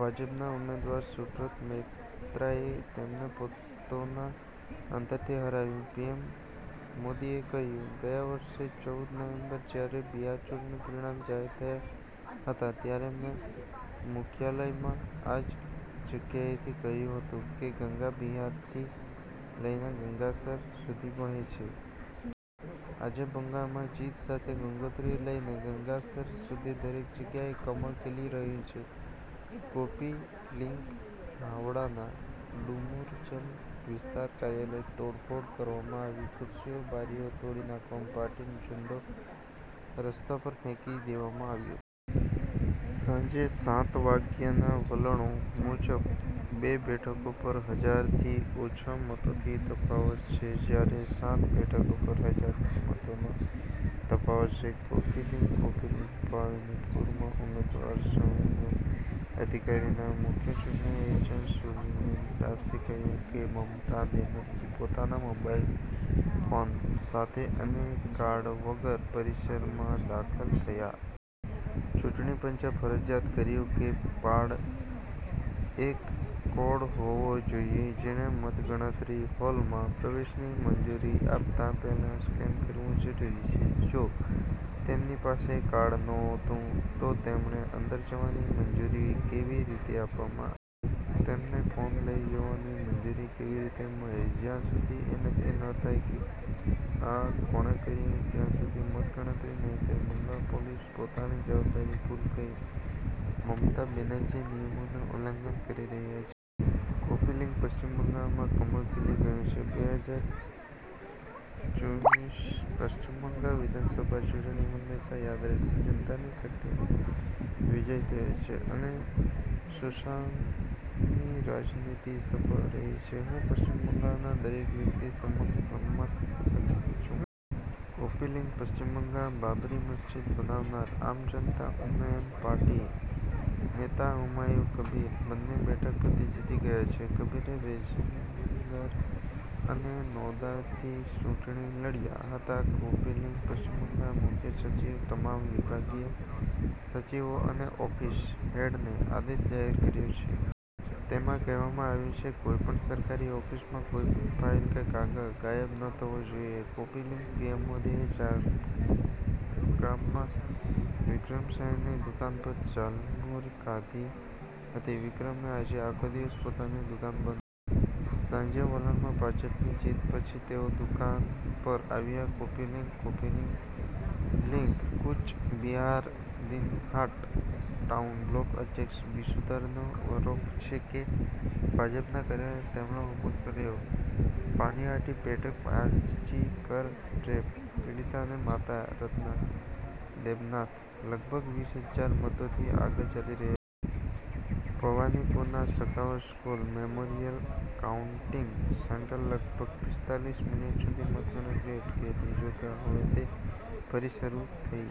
ભાજપના ઉમેદવાર શુભ્રત મૈત્રાએ તેમને મતોના અંતરથી હરાવ્યા. પીએમ મોદીએ કહ્યું- ગયા વર્ષે ચૌદ નવેમ્બરે જ્યારે બિહાર ચૂંટણીના પરિણામો જાહેર થયા હતા. ત્યારે મેં મુખ્યાલયમાં આ જ જગ્યાએથી કહ્યું હતું કે ગંગા બિહારથી લઈને ગંગાસાગર સુધી વહે છે. આજે, બંગાળમાં જીત સાથે ગંગોત્રીથી લઈને ગંગાસાગર સુધી દરેક જગ્યાએ કમળ ખીલી રહ્યું છે. કૉપી લિંક હાવડાના ડુમુરજલા વિસ્તારમાં કાર્યાલયમાં તોડફોડ કરવામાં આવી. ખુરશીઓ-બારીઓ તોડી નાખવામાં આવી. પાર્ટીનો ઝંડો રસ્તા પર ફેંકી દેવામાં આવ્યો. સાંજે સાત વાગ્યાના વલણો મુજબ, બે બેઠકો પર હજાર થી ઓછા મતોનો તફાવત છે. જ્યારે સાત બેઠકો પર હજાર થી મતોનો તફાવત છે. કૉપી લિંક કૉપી લિંક ભવાનીપુરમાં ઉમેદવાર સુવેન્દુ અધિકારીના મુખ્ય ચૂંટણી એજન્ટ સૂર્યનિલ દાસે કહ્યું કે, મમતા બેનર્જી પોતાના મોબાઈલ ફોન સાથે અને કાર્ડ વગર પરિસરમાં દાખલ થયા. ચૂંટણી પંચે ફરજિયાત કર્યું છે કે કાર્ડ પર એક કોડ હોવો જોઈએ, જેને મતગણતરી હોલમાં પ્રવેશની મંજૂરી આપતા પહેલા સ્કેન કરવું જરૂરી છે. જો તેમની પાસે કાર્ડ નહોતું, તો તેમને અંદર જવાની મંજૂરી કેવી રીતે આપવામાં આવી? તેમને ફોન લઈ જવાની મંજૂરી કેવી રીતે મળી? જ્યાં સુધી એ નક્કી ન થાય કે આ કોણે કર્યું, ત્યાં સુધી મતગણતરી નહીં થાય. બંગાળ પોલીસ પોતાની જવાબદારી ભૂલી ગઈ છે. મમતા બેનર્જી નિયમોનું ઉલ્લંઘન કરી રહ્યા છે. કૉપી લિંક પશ્ચિમ બંગાળમાં કમળ ખીલી ગયું! બે હજાર ચવીસ પશ્ચિમ બંગાળ વિધાનસભા ચૂંટણી હંમેશા યાદ રહેશે. જનતાની શક્તિનો વિજય થયો છે અને સુશાસનની રાજનીતિ સફળ રહી છે. હું પશ્ચિમ બંગાળના દરેક વ્યક્તિ સમક્ષ નતમસ્તક છું. કૉપી લિંક પશ્ચિમ બંગાળમાં બાબરી મસ્જિદ બનાવનાર આમ જનતા ઉન્નયન પાર્ટીના નેતા હુમાયુ કબીર બંને બેઠકો પરથી જીતી ગયા છે. કબીર રેજીનગર અને નૌદાથી ચૂંટણી લડ્યા હતા. કૉપી લિંક પશ્ચિમ બંગાળના મુખ્ય સચિવે તમામ વિભાગીય સચિવો અને ઓફિસ હેડને આદેશ જાહેર કર્યો છે. તેમાં કહેવામાં આવ્યું છે કે કોઈપણ સરકારી ઓફિસમાંથી કોઈ પણ ફાઈલ કે કાગળ ગાયબ ન થવો જોઈએ. કૉપી લિંક પીએમ મોદીએ ઝારગ્રામમાં વિક્રમ સાયની દુકાન પર ઝાલમુરી ખાધી હતી. વિક્રમે આજે આખો દિવસ પોતાની દુકાન બંધ રાખી. સાંજે વલણોમાં ભાજપની જીત પછી તેઓ દુકાન પર આવ્યા. Copy link copy link copy link Cooch બિહારના દિનહાટા ટાઉન બ્લોક અધ્યક્ષ બિશુધરનો આરોપ છે કે ભાજપના કાર્યકરોએ તેમના પર હુમલો કર્યો. પાનીહાટી બેઠક પરથી આરજીકર રેપ પીડિતાની માતા રત્ના દેબનાથ લગભગ વીસ હજાર મતોથી આગળ ચાલી રહ્યા છે. ભવાનીપુરના સખાવત સ્કૂલ મેમોરિયલ કાઉન્ટિંગ સેન્ટરમાં લગભગ પિસ્તાલીસ મિનિટ સુધી મતગણતરી અટકી હતી. જોકે, હવે તે ફરી શરૂ થઈ.